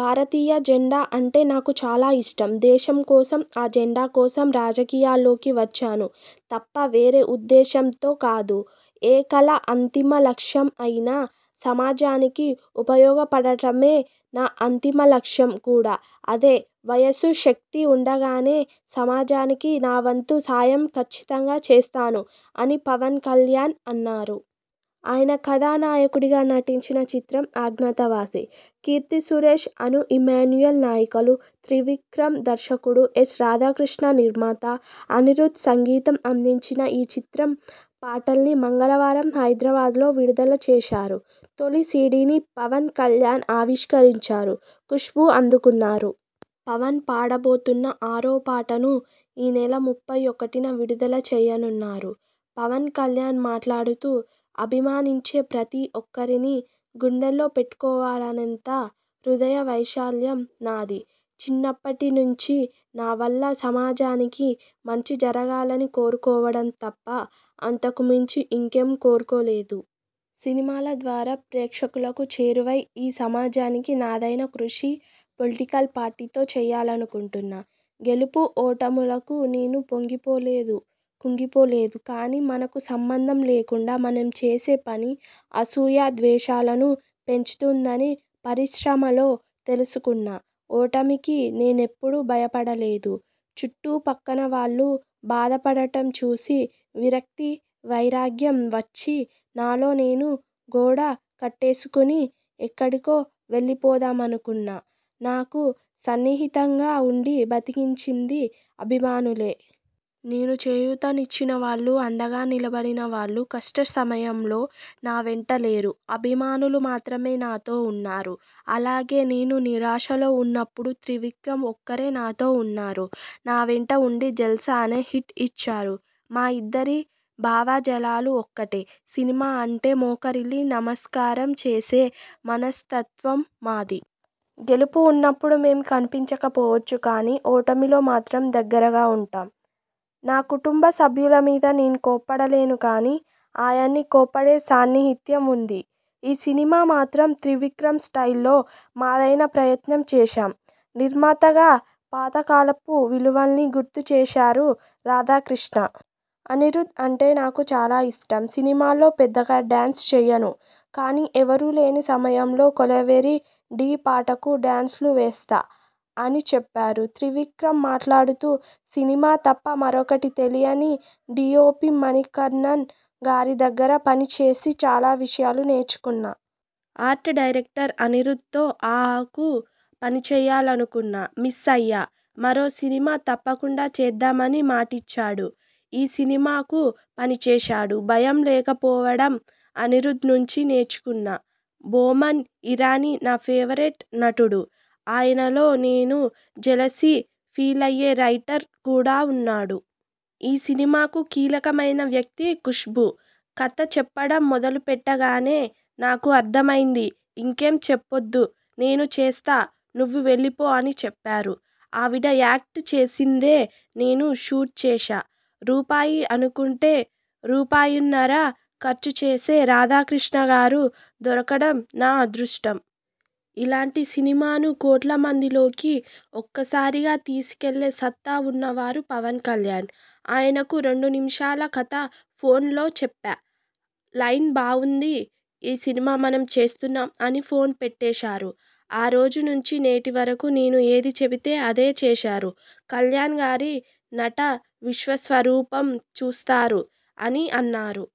భారతీయ జెండా అంటే నాకు చాలా ఇష్టం. దేశం కోసం, ఆ జెండా కోసం రాజకీయాల్లోకి వచ్చాను తప్ప వేరే ఉద్దేశంతో కాదు. ఏ కళ అంతిమ లక్ష్యం అయినా సమాజానికి ఉపయోగపడటమే. నా అంతిమ లక్ష్యం కూడా అదే. వయసు, శక్తి ఉండగానే సమాజానికి నావంతు సాయం కచ్చితంగా చేస్తాను'' అని పవన్ కల్యాణ్ అన్నారు. ఆయన కథానాయకుడిగా నటించిన చిత్రం 'అజ్ఞాతవాసి'. కీర్తి సురేశ్, అనూ ఇమాన్యుయేల్ నాయికలు. త్రివిక్రమ్ దర్శకుడు. ఎస్. రాథాకృష్ణ నిర్మాత. అనిరుధ్ధ్ సంగీతం అందించిన ఈ చిత్రం పాటల్ని మంగళవారం హైదరాబాద్ లో విడుదల చేశారు. తొలి సీడీని పవన్ కల్యాణ్ ఆవిష్కరించారు. కుష్భు అందుకున్నారు. పవన్ పాడబోతున్న ఆరో పాటను ఈ నెల ముప్పై ఒకటిన విడుదల చెయ్యనున్నారు. పవన్ కల్యాణ్ మాట్లాడుతూ ''అభిమానించే ప్రతి ఒక్కరినీ గుండెల్లో పెట్టుకోవాలనేంత హృదయ వైశాల్యం నాది. చిన్నప్పటి నుంచీ నా వల్ల సమాజానికి మంచి జరగాలని కోరుకోవడం తప్ప అంతకు మించి ఇంకేం కోరుకోలేదు. సినిమాల ద్వారా ప్రేక్షకులకు చేరువై ఈ సమాజానికి నాదైన కృషి పొలిటికల్ పార్టీతో చెయ్యాలనుకుంటున్నా. గెలుపు, ఓటములకు నేను పొంగిపోలేదు కుంగిపోలేదు. కానీ మనకు సంబంధం లేకుండా మనం చేసే పని అసూయ, ద్వేషాలను పెంచుతుందని పరిశ్రమలో తెలుసుకున్నా. ఓటమికి నేనెప్పుడూ భయపడలేదు. చుట్టు పక్కన వాళ్లు బాధపడటం చూసి విరక్తి, వైరాగ్యం వచ్చి నాలో నేను గోడ కట్టేసుకుని ఎక్కడికో వెళ్లిపోదామనుకున్న నాకు సన్నిహితంగా ఉండి బతికించింది అభిమానులే. నేను చేయుతనిచ్చినవాళ్లు, అండగా నిలబడినవాళ్లు కష్ట సమయంలో నా వెంట లేరు. అభిమానులు మాత్రమే నాతో ఉన్నారు. అలాగే నేను నిరాశలో ఉన్నప్పుడు త్రివిక్రమ్ ఒక్కరే నాతో ఉన్నారు. నా వెంట ఉండి 'జల్సా' అనే హిట్ ఇచ్చారు. మా ఇద్దరి భావజాలాలు ఒక్కటే. సినిమా అంటే మోకరిల్లి నమస్కారం చేసే మనస్తత్వం మాది. గెలుపు ఉన్నప్పుడు మేం కనిపించకపోవచ్చు కానీ ఓటమిలో మాత్రం దగ్గరగా ఉంటాం. నా కుటుంబ సభ్యుల మీద నేను కోప్పడలేను కానీ ఆయన్ని కోప్పడే సాన్నిహిత్యం ఉంది. ఈ సినిమా మాత్రం త్రివిక్రమ్ స్టైల్ లో మాదైన ప్రయత్నం చేశాం. నిర్మాతగా పాతకాలపు విలువల్ని గుర్తు చేశారు రాధాకృష్ణ. అనిరుధ్ అంటే నాకు చాలా ఇష్టం. సినిమాల్లో పెద్దగా డాన్స్ చెయ్యను కానీ ఎవరూలేని సమయంలో కొలవెరీ డీ పాటకు డాన్స్లు వేస్తా'' అని చెప్పారు. త్రివిక్రమ్ మాట్లాడుతూ ''సినిమా తప్ప మరొకటి తెలియని డిఓపి మణికణ్ణన్ గారి దగ్గర పని చేసి చాలా విషయాలు నేర్చుకున్నా. ఆర్ట్ డైరెక్టర్ అనిరుధ్థ్ తో 'అఆ'కు పనిచెయ్యాలనుకున్నా. మిస్ అయ్యా. మరో సినిమా తప్పకుండా చేద్దామని మాటిచ్చాడు. ఈ సినిమాకు పనిచేశాడు. భయం లేకపోవడం అనిరుధ్ నుంచీ నేర్చుకున్నా. బోమన్ ఇరానీ నా ఫేవరెట్ నటుడు. ఆయనలో నేను జెలసీ ఫీలయ్యే రైటర్ కూడా ఉన్నాడు. ఈ సినిమాకు కీలకమైన వ్యక్తి కుష్భూ. కథ చెప్పడం మొదలుపెట్టగానే 'నాకు అర్ధమైంది.. ఇంకేం చెప్నొద్దు. నేను చేస్తా నువ్వు వెళ్లిపో' అని చెప్పారు. ఆవిడ యాక్ట్ చేసిందే నేను షూట్ చేశా. రూపాయి అనుకుంటే రూపాయున్నర ఖర్చు చేసే రాధాకృష్ణగారు దొరకడం నా అదృష్టం. ఇలాంటి సినిమాను కోట్ల మందిలోకి ఒక్కసారిగా తీసుకెళ్లే సత్తా ఉన్నవారు పవన్ కల్యాణ్. ఆయనకు రెండు నిమిషాల కథ ఫోన్ లో చెప్పా. లైన్ బావుంది. ఈ సినిమా మనం చేస్తున్నాం అని ఫోన్ పెట్టేశారు. ఆరోజు నుంచీ నేటి వరకూ నేను ఏది చెబితే అదే చేశారు. కల్యాణ్ గారి నట విశ్వస్వరూపం చూస్తారు'' అని అన్నారు.